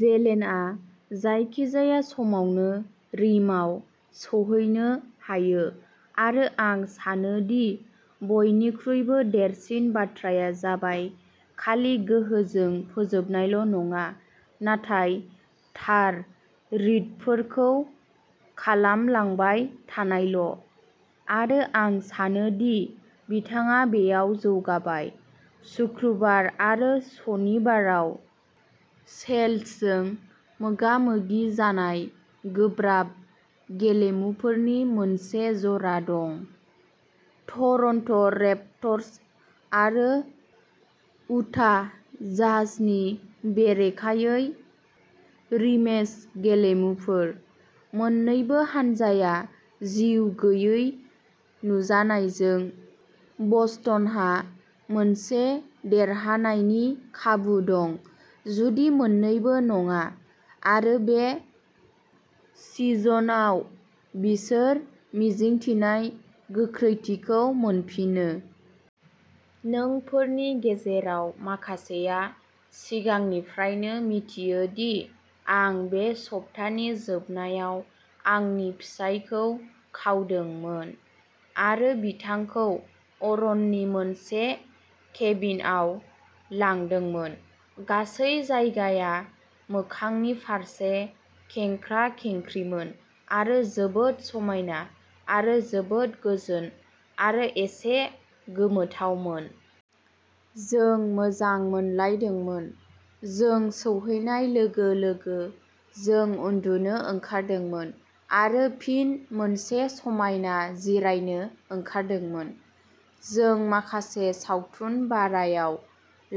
जेलेनआ जायखिजाया समावनो रिमआव सौहैनो हायो आरो आं सानो दि बयनिख्रुइबो देरसिन बाथ्राया जाबाय खालि गोहोजों फोजोबनायल' नङा, नाथाय थार रिडफोरखौ खालामलांबाय थानायल' आरो आं सानो दि बिथाङा बेयाव जौगाबाय। "सुक्रुबार आरो सनिबाराव सेल्ट्सजों मोगा-मोगि जानाय गोब्राब गेलेमुफोरनि मोनसे जरा दं, टरन्ट'रेप्टर्स आरो उटाह जाजनि बेरेखायै रिमेच गेलेमुफोर; मोन्नैबो हानजाया जिउ गैयै नुजानायजों, बस्टनहा मोनसे देरहानायनि खाबु दं, जुदि मोन्नैबो नङा आरो बे सिजनआव बिसोर मिजिंथिनाय गोख्रैथिखौ मोनफिननो। नोंफोरनि गेजेराव माखासेआ सिगांनिफ्रायनो मिथियो दि आं बे सप्तानि जोबनायाव आंनि फिसायखौ खावदोंमोन आरो बिथांखौ अरननि मोनसे केबिनआव लांदोंमोन। गासै जायगाया मोखांनि फारसे खेंख्रा-खेंख्रिमोन आरो जोबोद समायना आरो जोबोद गोजोन आरो एसे गोमोथावमोन। जों मोजां मोनलायदोंमोन। जों सौहैनाय लोगो-लोगो, जों उन्दुनो ओंखारदोंमोन आरो फिन मोनसे समायना जिरायनो ओंखारदोंमोन। जों माखासे सावथुन भारायाव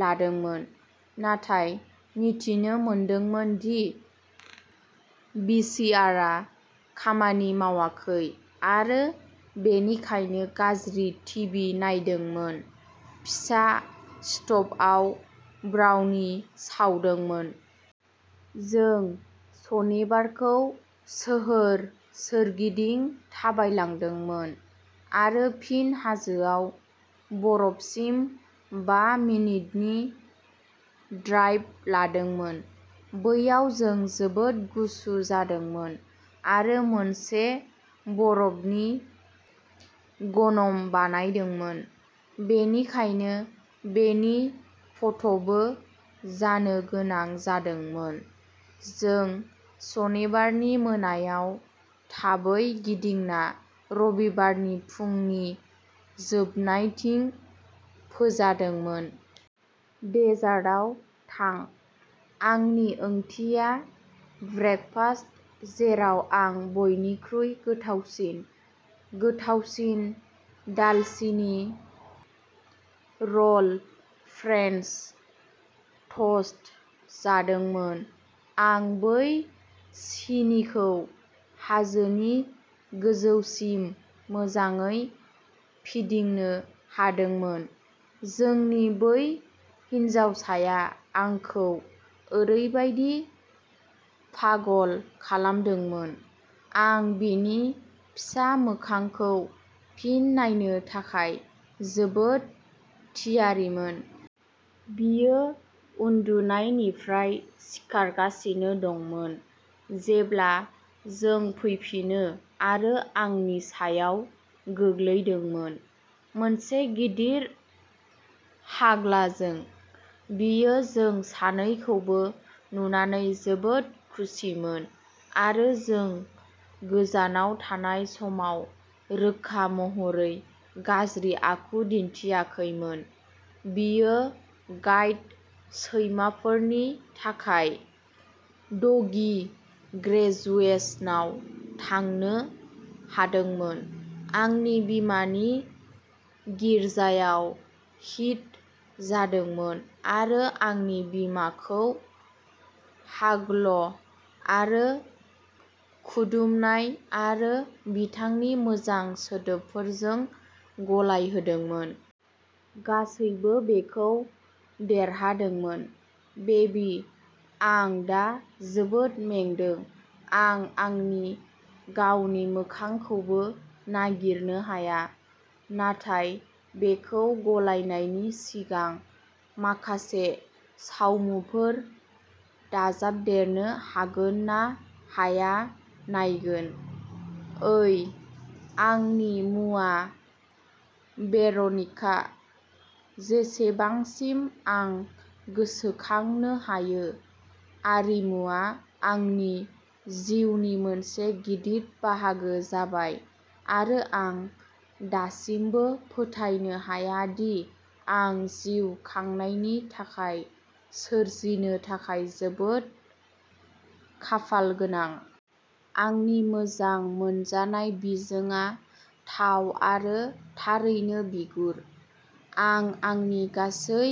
लादोंमोन, नाथाय मिथिनो मोनदोंमोन दि भिसिआरआ खामानि मावाखै आरो बेनिखायनो गाज्रि टिभि नायदोंमोन, फिसा स्ट'भआव ब्राउनि सावदोंमोन। जों सनिबारखौ सोहोर सोरगिदिं थाबायलांदोंमोन आरो फिन हाजोआव बरफसिम बा मिनिटनि ड्राइभ लादोंमोन, बैयाव जों जोबोद गुसु जादोंमोन आरो मोनसे बरफनि ग'नम बानायदोंमोन। बेनिखायनो बेनि फट'बो जानो गोनां जादोंमोन। जों सनिबारनि मोनायाव थाबै गिदिंना रबिबारनि फुंनि जोबनायथिं फोजादोंमोन। डेजार्टआव थां, आंनि ओंथिया ब्रेकफास्ट, जेराव आं बयनिख्रुइ गोथावसिन, गोथावसिन दालसिनि र'ल फ्रेन्स ट'स्ट जादोंमोन आं बै सिनिखौ हाजोनि गोजौसिम मोजाङै फिदिंनो हादोंमोन। जोंनि बै हिनजावसाया आंखौ ओरैबादि पागल खालामदोंमोन, आं बिनि फिसा मोखांखौ फिन नायनो थाखाय जोबोद थियारिमोन। बियो उन्दुनायनिफ्राय सिखारगासिनो दंमोन जेब्ला जों फैफिनो आरो आंनि सायाव गोग्लैदोंमोन। मोनसे गिदिर हाग्लाजों। बियो जों सानैखौबो नुनानै जोबोद खुसिमोन आरो जों गोजानाव थानाय समाव रोखा महरै गाज्रि आखु दिन्थियाखैमोन। बियो गाइड सैमाफोरनि थाखाय डगी ग्रेजुवेशनाव थांनो हादोंमोन, आंनि बिमानि गिर्जायाव हिट जादोंमोन आरो आंनि बिमाखौ हाग्ल' आरो खुदुमनाय आरो बिथांनि मोजां सोदोबफोरजों गलाइहोदोंमोन। गासैबो बेखौ देरहादोंमोन, बेबि आं दा जोबोद मेंदों, आं आंनि गावनि मोखांखौबो नागिरनो हाया, नाथाय बेखौ गलायनायनि सिगां माखासे सावमुफोर दाजाबदेरनो हागोन ना हाया नायगोन। ओइ, आंनि मुङा भेर'निका! जेसेबांसिम आं गोसोखांनो हायो आरिमुआ आंनि जिउनि मोनसे गिदिर बाहागो जाबाय आरो आं दासिमबो फोथायनो हाया दि आं जिउ खांनायनि थाखाय सोरजिनो थाखाय जोबोद खाफालगोनां। आंनि मोजां मोनजानाय बिजोंआ थाव आरो थारैनो बिगुर। आं आंनि गासै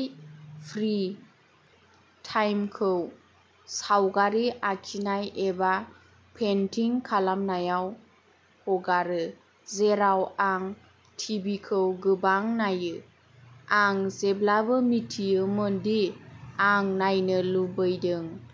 फ्रि-टाइमखौ सावगारि आखिनाय एबा पेन्टिं खालामनायाव हगारो, जेराव आं टिभिखौ गोबां नायो। आं जेब्लाबो मिथियोमोन दि आं नायनो लुबैदों।